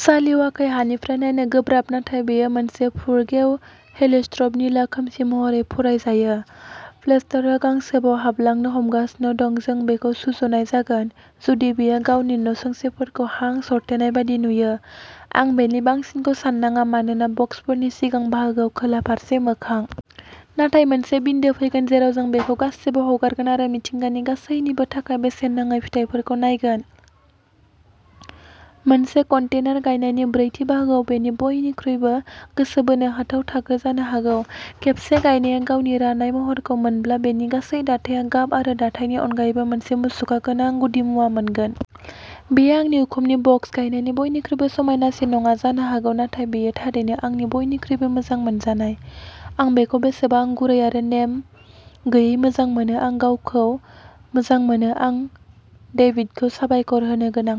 साल्वियाखौ हानिफ्राय नायनो गोब्राब नाथाय बेयो मोनसे फुरगेव हेलियट्रप निला खोमसि महरै फरायजायो। प्लेक्ट्रान्थासआ गांसोआव हाबलांनो हमगासिनो दं। जों बेखौ सुजुनाय जागोन जुदि बेयो गावनि नसुंसेयारिफोरखौ हां सरथेनाय बायदि नुयो। आं बेनि बांसिनखौ सान्नाङा मानोना बक्सफोरनि सिगां बाहागोआ खोला फारसे मोखां। नाथाय मोनसे बिन्दो फैगोन जेराव जों बेखौ गासिबो हगारगोन आरो मिथिंगानि गासैबोनि थाखाय बेसेन नाङै फिथायफोरखौ नायगोन। मोनसे कन्टेनार गायनायनि ब्रैथि बाहागोआ बेनि बयनिख्रुइबो गोसो बोनो हाथाव थाखो जानो हागौ। खेबसे गायनाया गावनि रानाय महरखौ मोनब्ला बेनि गासै दाथाया गाब आरो दाथायनि अनगायैबो मोनसे मुसुखा गोनां गुदिमुवा मोनगोन। बेयो आंनि उखुमनि बक्स गायनायनि बयनिख्रुइबो समायनासिन नङा जानो हागौ नाथाय बेयो थारैनो आंनि बयनिख्रुइबो मोजां मोनजानाय। आं बेखौ बेसेबां गुरै आरो नेम गैयै मोजां मोनो। आं गाबखौ मोजां मोनो। आं डेभिडखौ साबायखर होनो गोनां।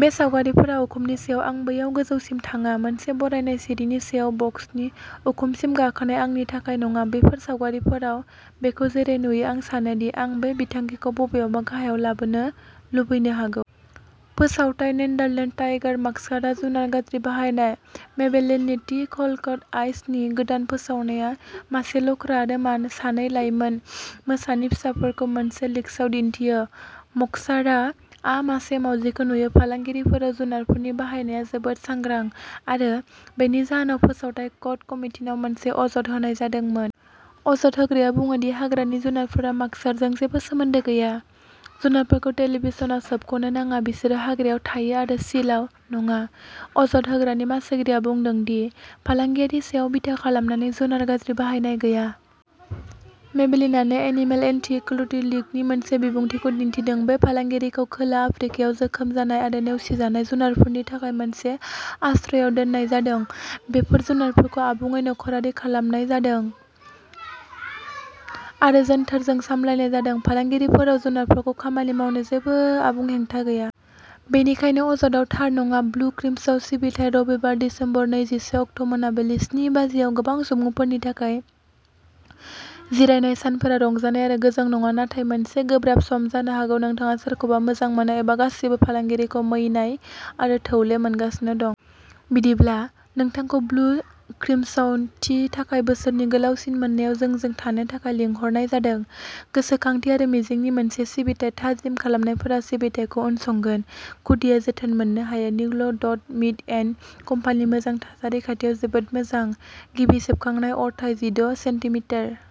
बे सावगारिफोरा उखुमनि सायाव आं बैयाव गोजौसिम थाङा। मोनसे बारायनाय सिरिनि सायाव वर्क्सनि उखुमसिम गाखोनाया आंनि थाखाय नङा। बेफोर सावगारिफोराव बेखौ जेरै नुयो आं सानो दि आं बे बिथांखिखौ बबेयावबा गाहायाव लाबोनो लुबैनो हागौ। फोसावथाय नेदारलेन्डस टाइगार मास्कारा जुनार गाज्रि बाहायनाय? मेबेलिननि ''दि कल'सल केट आइज'' नि गोदान फोसावनाया मासे लख्रा आरो सानै लाइमोन मोसानि फिसाफोरखौ मोनसे लिशआव दिन्थियो। मस्कारा आ मासे मावजिखौ नुयो। फालांगियारिफोराव जुनारफोरनि बाहायनाया जोबोद सांग्रां आरो बेनि जाहोनाव फोसावथाय कड कमितिनाव मोनसे अजद होनाय जादोंमोन। अजद होग्राया बुङो दि हाग्रानि जुनारफोरा मास्काराजों जेबो सोमोन्दो गैया। जुनारफोरखौ टेलिभिजनआव सोबख'नो नाङा बिसोरो हाग्रायाव थायो आरो लिशआव नङा। अजद होग्रानि मासिगिरिया बुंदोंमोन दि फालांगियारि सायाव बिथा खालामनानै जुनार गाज्रि बाहायनाय गैया। मेबेलिनआबो एनिमेल एन्टी क्रुएल्टी लीगनि मोनसे बिबुंथिखौ दिन्थिदों। बे फालांगियारिखौ खोला आफ्रिकायाव जोखोम जानाय आरो नेवसिजानाय जुनारफोरनि थाखाय मोनसे आश्रयआव दोननाय जादों। बेफोर जुनारफोरखौ आबुङै न'खरारि खालामनाय जादों आरो जोनथोरजों सामलायनाय जादों। फालांगियारिफोराव जुनारफोरजों खामानि मावनो जेबो आबुं हेंथा गैया। बेनिखायनो अजदआ थार नङा। ब्लु क्रिसमास सिबिथाइ रबिबार, दिसेम्बर नैजिसे अक्ट' मोनाबिलि स्नि बाजिआव गोबां सुबुंफोरनि थाखाय जिरायनाय सानफोरा रंजानाय आरो गोजों नङा नाथाय मोनसे गोब्राब सम। जानो हागौ नोंथाङा सोरखौबा मोजां मोनो एबा गासिबो फालांगियारिखौ मैनाय आरो थौले मोनगासिनो दं। बिदिब्ला नोंथांखौ ''ब्लु क्रिसमास'' नि थाखाय बोसोरनि गोलावसिन मोनायाव जोंजों थानो थाखाय लिंहरनाय जादों गोसोखांथि आरो मिजिंनि मोनसे सिबिथाइ। थाजिम खालामनायफोरा सिबिथायखौ उनसंगोन। खुदिया जोथोन मोननो हायो। New York Dodd, Mead, and Company मोजां थासारि खाथियाव जोबोद मोजां। गिबि सेबखांनाय। अरथाइ जिद' सेन्टिमिटार ।